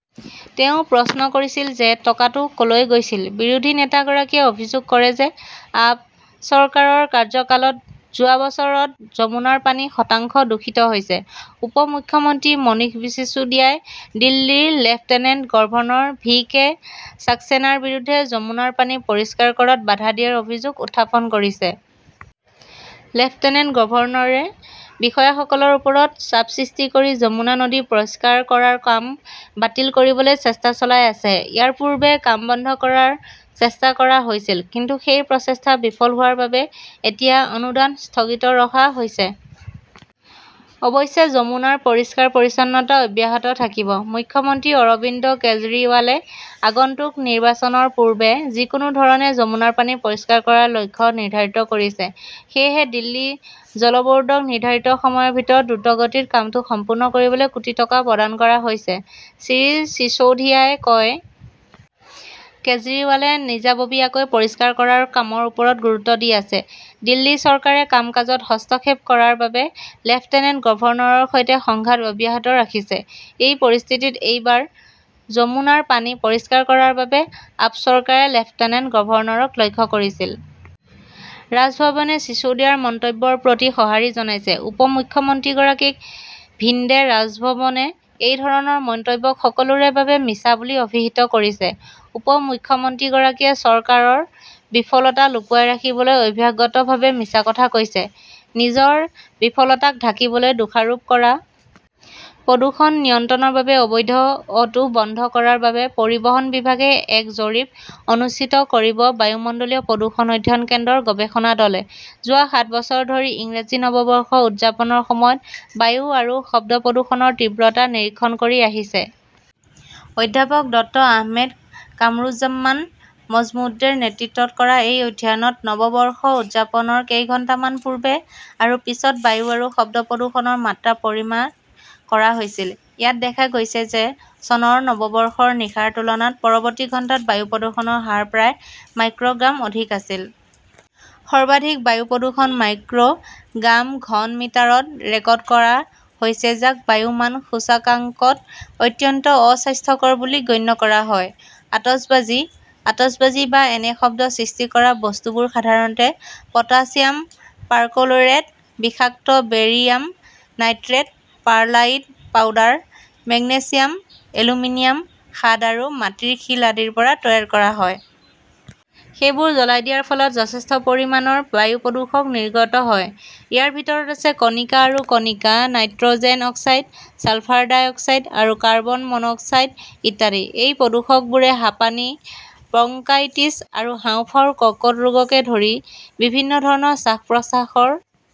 তেওঁ প্ৰশ্ন কৰিছিল যে টকাটো ক "লৈ গৈছিল। বিৰোধী নেতা গৰাকীয়ে অভিযোগ কৰে যে আপ চৰকাৰৰ কাৰ্যকালত যোৱা বছৰত যমুনাৰ পানী শতাংশ দূষিত হৈছে। উপ মুখ্যমন্ত্ৰী মনীষ চিচোদিয়াই দিল্লীৰ লেফটেনেণ্ট গভৰ্ণৰ ভি কে সাক্সেনাৰ বিৰুদ্ধে যমুনাৰ পানী পৰিষ্কাৰ কৰাত বাধা দিয়াৰ অভিযোগ উত্থাপন কৰিছে। "লেফটেনেণ্ট গভৰ্ণৰে বিষয়াসকলৰ ওপৰত চাপ সৃষ্টি কৰি যমুনা নদী পৰিষ্কাৰ কৰাৰ কাম বাতিল কৰিবলৈ চেষ্টা চলাই আছে। ইয়াৰ পূৰ্বে কাম বন্ধ কৰাৰ চেষ্টা কৰা হৈছিল। কিন্তু সেই প্ৰচেষ্টা বিফল হোৱাৰ বাবে এতিয়া অনুদান স্থগিত ৰখা হৈছে। অৱশ্যে যমুনাৰ পৰিষ্কাৰ-পৰিচ্ছন্নতা অব্যাহত থাকিব। "মুখ্যমন্ত্ৰী অৰবিন্দ কেজৰিৱালে আগন্তুক নিৰ্বাচনৰ পূৰ্বে যিকোনো ধৰণে যমুনাৰ পানী পৰিষ্কাৰ কৰাৰ লক্ষ্য নিৰ্ধাৰণ কৰিছে। সেয়েহে দিল্লী জল বোৰ্ডক নিৰ্ধাৰিত সময়ৰ ভিতৰত দ্ৰুতগতিত কামটো সম্পূৰ্ণ কৰিবলৈ কোটি টকা প্ৰদান কৰা হৈছে, শ্ৰী চিচৌধিয়াই কয়। কেজৰিৱালে নিজাববীয়াকৈ পৰিষ্কাৰ কৰাৰ কামৰ ওপৰত গুৰুত্ব দি আছে। দিল্লী চৰকাৰে কাম-কাজত হস্তক্ষেপ কৰাৰ বাবে লেফটেনেণ্ট গভৰ্ণৰৰ সৈতে সংঘাত অব্যাহত ৰাখিছে। এই পৰিস্থিতিত এইবাৰ যমুনাৰ পানী পৰিষ্কাৰ কৰাৰ বাবে আপ চৰকাৰে লেফটেনেণ্ট গভৰ্ণৰক লক্ষ্য কৰিছিল। ৰাজভৱনে চিছৌদিয়াৰ মন্তব্যৰ প্ৰতি সঁহাৰি জনাইছে। উপ মুখ্যমন্ত্ৰীগৰাকীক ভিন্ধে ৰাজভৱনে এই ধৰণৰ মন্তব্যক সকলোৰে বাবে মিছা বুলি অভিহিত কৰিছে। উপ মুখ্যমন্ত্ৰীগৰাকীয়ে চৰকাৰৰ বিফলতা লুকুৱাই ৰাখিবলৈ অভ্যাসগতভাৱে মিছা কথা কৈছে। নিজৰ বিফলতাক ঢাকিবলৈ দোষাৰোপ কৰা। প্ৰদূষণ নিয়ন্ত্ৰণৰ বাবে অবৈধ অটো বন্ধ কৰাৰ বাবে পৰিবহণ বিভাগে এক জৰীপ অনুষ্ঠিত কৰিব বায়ুমণ্ডলীয় প্ৰদূষণ অধ্যয়ন কেন্দ্ৰৰ গৱেষণা দলে যোৱা সাত বছৰ ধৰি ইংৰাজী নৱবৰ্ষ উদযাপনৰ সময়ত বায়ু আৰু শব্দ প্ৰদূষণৰ তীব্ৰতা নিৰীক্ষণ কৰি আহিছে। অধ্যাপক ড আহমেদ কামৰুজ্জামান মজমুদ্ৰেৰ নেতৃত্বত কৰা এই অধ্যয়নত নৱবৰ্ষ উদযাপনৰ কেইঘণ্টামান পূৰ্বে আৰু পিছত বায়ু আৰু শব্দ প্ৰদূষণৰ মাত্ৰা পৰিমাপ কৰা হৈছিল। ইয়াত দেখা গৈছে যে চনৰ নৱবৰ্ষৰ নিশাৰ তুলনাত পৰৱৰ্তী ঘণ্টাত বায়ু প্ৰদূষণৰ হাৰ প্ৰায় মাইক্ৰ "গ্ৰাম অধিক আছিল। সৰ্বাধিক বায়ু প্ৰদূষণ মাইক্ৰ "গ্ৰাম/ঘন মিটাৰত ৰেকৰ্ড কৰা হৈছে যাক বায়ু মান সূচকাংকত অত্যন্ত অস্বাস্থ্যকৰ বুলি গণ্য কৰা হয়। আতচবাজী, আতচবাজী বা এনে শব্দ সৃষ্টি কৰা বস্তুবোৰ সাধাৰণতে পটাছিয়াম পাৰ্কলোৰেট, বিষাক্ত barium nitrate, perlite powder, magnesium, aluminium খাদ আৰু মাটিৰ শিল আদিৰ পৰা তৈয়াৰ কৰা হয়। সেইবোৰ জ্বলাই দিয়াৰ ফলত যথেষ্ট পৰিমাণৰ বায়ু প্ৰদূষক নিৰ্গত হয়। ইয়াৰ ভিতৰত আছে কণিকা আৰু কণিকা, "nitrogen oxide, sulphur dioxide আৰু কাৰ্বন মন" অক্সাইড ইত্যাদি। এই প্ৰদূষকবোৰে হাঁপানি, ব্ৰংকাইটিছ আৰু হাঁওফাঁওৰ কৰ্কট ৰোগকে ধৰি বিভিন্ন ধৰণৰ শ্বাস-প্ৰশ্বাসৰ